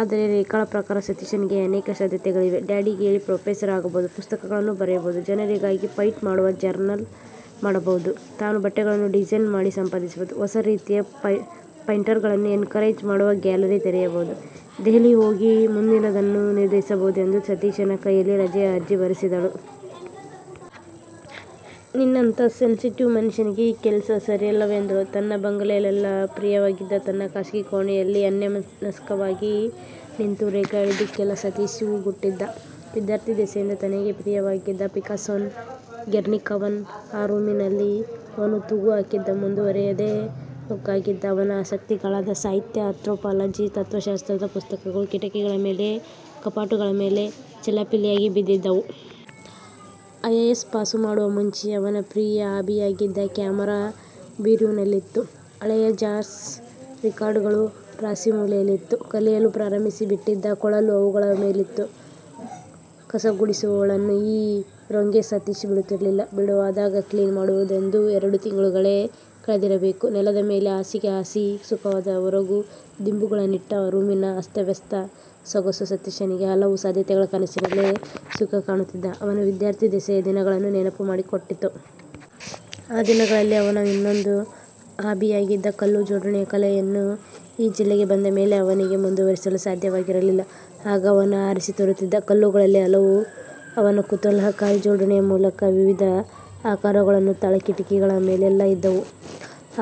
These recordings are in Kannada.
ಆದರೆ ರೇಖಾಳ ಪ್ರಕಾರ ಸತೀಶನಿಗೆ ಅನೇಕ ಸಾಧ್ಯತೆಗಳಿವೆ: ಡ್ಯಾಡಿಗೆ ಹೇಳಿ ಪ್ರೊಫೆಸರ್ ಆಗಬಹುದು. ಪುಸ್ತಕಗಳನ್ನು ಬರೆಯಬಹುದು. ಜನರಿಗಾಗಿ ಫೈಟ್ ಮಾಡುವ ಜರ್ನಲ್ ಮಾಡಬಹುದು. ತಾನು ಬಟ್ಟೆಗಳನ್ನು ಡಿಸೈನ್ ಮಾಡಿ ಸಂಪಾದಿಸಬಹುದು. ಹೊಸ ರೀತಿಯ ಪೈಂಟರ್ಗಳನ್ನು ಎನ್ಕರೇಜ್ ಮಾಡುವ ಗ್ಯಾಲರಿ ತೆರೆಯಬಹುದು. ದೆಹಲಿಗೆ ಹೋಗಿ ಮುಂದಿನದನ್ನು ನಿರ್ಧರಿಸಬಹುದೆಂದು ಸತೀಶನ ಕೈಯಲ್ಲಿ ರಜೆಯ ಅರ್ಜಿ ಬರೆಸಿದಳು. ನಿನ್ನಂಥ ಸೆನ್ಸಿಟಿವ್ ಮನುಷ್ಯನಿಗೆ ಈ ಕೆಲಸ ಸರಿಯಲ್ಲವೆಂದಳು. ತನ್ನ ಬಂಗಲೆಯಲ್ಲೆಲ್ಲ ಪ್ರಿಯವಾಗಿದ್ದ ತನ್ನ ಖಾಸಗಿ ಕೋಣೆಯಲ್ಲಿ ಅನ್ಯಮನಸ್ಕನಾಗಿ ನಿಂತು ರೇಖಾ ಹೇಳಿದ್ದಕ್ಕೆಲ್ಲ ಸತೀಶ ಹೂಗುಟ್ಟಿದ್ದ. ವಿದ್ಯಾರ್ಥಿ ದೆಸೆಯಿಂದ ತನಗೆ ಪ್ರಿಯವಾಗಿದ್ದ ಪಿಕಾಸೋನ ಗೆರ್ನಿಕಾವನ್ನು ಆ ರೂಮಿನಲ್ಲಿ ಅವನು ತೂಗು ಹಾಕಿದ್ದ. ಮುಂದುವರಿಯದೆ ಮುಕ್ಕಾಗಿದ್ದ ಅವನ ಆಸಕ್ತಿಗಳಾದ ಸಾಹಿತ್ಯ, ಆಂಥ್ರೊಪಾಲಜಿ, ತತ್ವ ಶಾಸ್ತ್ರದ ಪುಸ್ತಕಗಳು ಕಿಟಕಿಗಳ ಮೇಲೆ, ಕಪಾಟುಗಳ ಮೇಲೆ ಚೆಲ್ಲಾಪಿಲ್ಲಿಯಾಗಿ ಬಿದ್ದಿದ್ದವು. ಐ. ಎ. ಎಸ್. ಪಾಸುಮಾಡುವ ಮುಂಚೆ ಅವನ ಪ್ರಿಯ ಹಾಬಿಯಾಗಿದ್ದ ಕ್ಯಾಮರಾ ಬೀರುವಿನಲ್ಲಿತ್ತು. ಹಳೆಯ ಜಾಸ್ ರಿಕಾರ್ಡುಗಳ ರಾಶಿ ಮೂಲೆಯಲ್ಲಿತ್ತು. ಕಲಿಯಲು ಪ್ರಾರಂಭಿಸಿ ಬಿಟ್ಟಿದ್ದ ಕೊಳಲು ಅವುಗಳ ಮೇಲಿತ್ತು. ಕಸಗುಡಿಸುವವಳನ್ನೂ ಈ ರೂಂಗೆ ಸತೀಶ ಬಿಡುತ್ತಿರಲಿಲ್ಲ. ಬಿಡುವಾದಾಗ ಕ್ಲೀನ್ ಮಾಡುವುದೆಂದು ಎರಡು ತಿಂಗಳುಗಳೇ ಕಳೆದಿರಬೇಕು. ನೆಲದ ಮೇಲೆ ಹಾಸಿಗೆ ಹಾಸಿ ಸುಖವಾದ ಒರಗು ದಿಂಬುಗಳನ್ನಿಟ್ಟ ರೂಮಿನ ಅಸ್ತವ್ಯಸ್ತ ಸೊಗಸು ಸತೀಶನಗೆ ಹಲವು ಸಾಧ್ಯತೆಗಳ ಕನಸಿನಲ್ಲೆ ಸುಖ ಕಾಣುತ್ತಿದ್ದ ಅವನ ವಿದ್ಯಾರ್ಥಿ ದೆಸೆಯ ದಿನಗಳನ್ನು ನೆನಪು ಮಾಡಿಕೊಟ್ಟಿತು. ಆ ದಿನಗಳಲ್ಲಿ ಅವನ ಇನ್ನೊಂದು ಹಾಬಿಯಾಗಿದ್ದ ಕಲ್ಲು ಜೋಡಣೆಯ ಕಲೆಯನ್ನು ಈ ಜಿಲ್ಲೆಗೆ ಬಂದ ಮೇಲೆ ಅವನಿಗೆ ಮುಂದುವರಿಸಲು ಸಾಧ್ಯವಾಗಿರಲಿಲ್ಲ. ಆಗ ಅವನು ಆರಿಸಿ ತರುತ್ತಿದ್ದ ಕಲ್ಲುಗಳಲ್ಲಿ ಹಲವು ಅವನ ಕುತೂಹಲಕಾರಿ ಜೋಡಣೆಯ ಮೂಲಕ ವಿವಿಧ ಆಕಾರಗಳನ್ನು ತಾಳಿ ಕಿಟಕಿಗಳ ಮೇಲೆಲ್ಲ ಇದ್ದವು.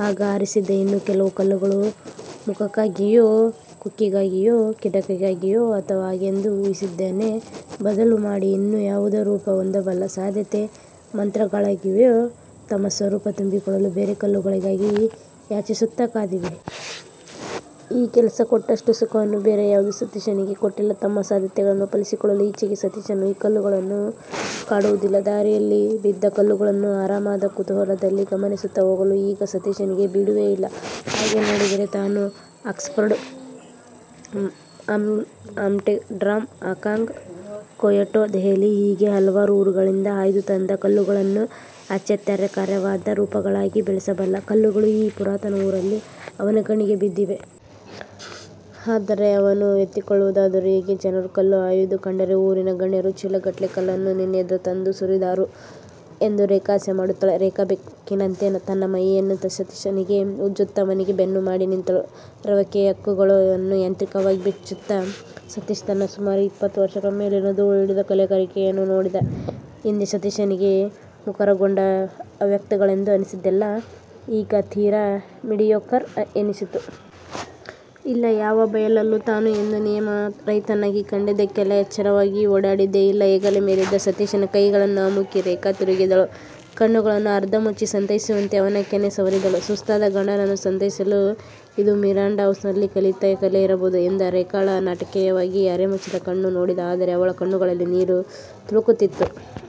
ಆಗ ಆರಿಸಿದ್ದ ಇನ್ನೂ ಕೆಲವು ಕಲ್ಲುಗಳು ಮುಖಕ್ಕಾಗಿಯೋ, ಕೊಕ್ಕಿಗಾಗಿಯೋ, ಕಿರೀಟಕ್ಕಾಗಿಯೋ ಅಥವಾ ಹಾಗೆಂದು ಊಹಿಸಿದ್ದನ್ನೆ ಬದಲು ಮಾಡಿ ಇನ್ನು ಯಾವುದೋ ರೂಪ ಹೊಂದಬಲ್ಲ ಸಾಧ್ಯತೆ ಮಾತ್ರಗಳಾಗಿವೆಯೋ – ತಮ್ಮ ಸ್ವರೂಪ ತುಂಬಿಕೊಳ್ಳಲು ಬೇರೆ ಕಲ್ಲುಗಳಿಗಾಗಿ ಯಾಚಿಸುತ್ತ ಕಾದಿವೆ. ಈ ಕೆಲಸ ಕೊಟ್ಟಷ್ಟು ಸುಖವನ್ನು ಬೇರೆ ಯಾವುದೂ ಸತೀಶನಿಗೆ ಕೊಟ್ಟಿಲ್ಲ. ತಮ್ಮ ಸಾಧ್ಯತೆಗಳನ್ನು ಫಲಿಸಿಕೊಳ್ಳಲು ಈಚೆಗೆ ಸತೀಶನನ್ನು ಈ ಕಲ್ಲುಗಳು ಕಾಡುವುದಿಲ್ಲ. ದಾರಿಯಲ್ಲಿ ಬಿದ್ದ ಕಲ್ಲುಗಳನ್ನು ಆರಾಮದ ಕುತೂಹಲದಲ್ಲಿ ಗಮನಿಸುತ್ತ ಹೋಗಲು ಈಗ ಸತೀಶನಿಗೆ ಬಿಡುವೇ ಇಲ್ಲ. ಹಾಗೆ ನೋಡಿದರೆ ತಾನು Oxford, Amsterdam, Hong Kong, Kyoto, Delhi – ಹೀಗೆ ಹಲವಾರು ಊರುಗಳಿಂದ ಆಯ್ದು ತಂದ ಕಲ್ಲುಗಳನ್ನು ಅತ್ಯಾಶ್ಚರ್ಯಕರವಾದ ರೂಪಗಳಾಗಿ ಬೆಳೆಸಬಲ್ಲ ಕಲ್ಲುಗಳು ಈ ಪುರಾತನ ಊರಲ್ಲಿ ಅವನ ಕಣ್ಣಿಗೆ ಬಿದ್ದಿವೆ. ಆದರೆ ಅವನ್ನು ಎತ್ತಿಕೊಳ್ಳುವುದಾದರೂ ಹೇಗೆ? ಜನರು ಕಲ್ಲು ಆಯುವುದು ಕಂಡರೆ ಊರಿನ ಗಣ್ಯರು ಚೀಲಗಟ್ಟಲೆ ಕಲ್ಲನ್ನು ನಿನ್ನೆದುರು ತಂದು ಸುರಿದಾರು ಎಂದು ರೇಖಾ ಹಾಸ್ಯಮಾಡುತ್ತಾಳೆ. ರೇಖಾ ಬೆಕ್ಕಿನಂತೆ ತನ್ನ ಮೈಯನ್ನು ಸತೀಶನಿಗೆ ಉಜ್ಜುತ್ತ, ಅವನಿಗೆ ಬೆನ್ನು ಮಾಡಿ ನಿಂತಳು. ರವಕೆಯ ಹುಕ್ಕುಗಳನ್ನುಯಾಂತ್ರಿಕವಾಗಿ ಬಿಚ್ಚುತ್ತ ಸತೀಶ ತನ್ನ ಸುಮಾರು ಇಪ್ಪತ್ತು ವರ್ಷಗಳ ಮೇಲಿನ ಧೂಳು ಹಿಡಿದ ಕಲೆಗಾರಿಕೆಯನ್ನು ನೋಡಿದ: ಹಿಂದೆ ಸತೀಶನಿಗೆ ಮುಖರಗೊಂಡ ಅವ್ಯಕ್ತಗಳೆಂದು ಅನ್ನಿಸಿದ್ದೆಲ್ಲ ಈಗ ತೀರಾ ಮೀಡಿಯೋಕರ್ ಎನ್ನಿಸಿತು. ಇಲ್ಲ – ಯಾವ ಬಯಲಲ್ಲೂ ತಾನು ಎಂದೂ ನಿಯಮ ರಹಿತನಾಗಿ ಕಂಡದ್ದಕ್ಕೆಲ್ಲ ಎಚ್ಚರವಾಗಿ ಓಡಾಡಿದ್ದೇ ಇಲ್ಲ. ಹೆಗಲ ಮೇಲಿದ್ದ ಸತೀಶನ ಕೈಯಗಳನ್ನು ಅಮುಕಿ ರೇಖಾ ತಿರುಗಿದಳು. ಕಣ್ಣುಗಳನ್ನು ಅರ್ಧ ಮುಚ್ಚಿ ಸಂತೈಸುವಂತೆ ಅವನ ಕೆನ್ನೆ ಸವರಿದಳು: ಸುಸ್ತಾದ ಗಂಡನನ್ನು ಸಂತೈಸಲು ಇದು ಮಿರಾಂಡಾ ಹೌಸ್ನಲ್ಲಿ ಕಲಿತ ಕಲೆ ಇರಬಹುದು ಎಂದು ರೇಖಾಳ ನಾಟಕೀಯವಾಗಿ ಅರೆಮುಚ್ಚಿದ ಕಣ್ಣು ನೋಡಿದ. ಅದರೆ ಅವಳ ಕಣ್ಣುಗಳಲ್ಲಿ ನೀರು ತುಳುಕುತ್ತಿತ್ತು.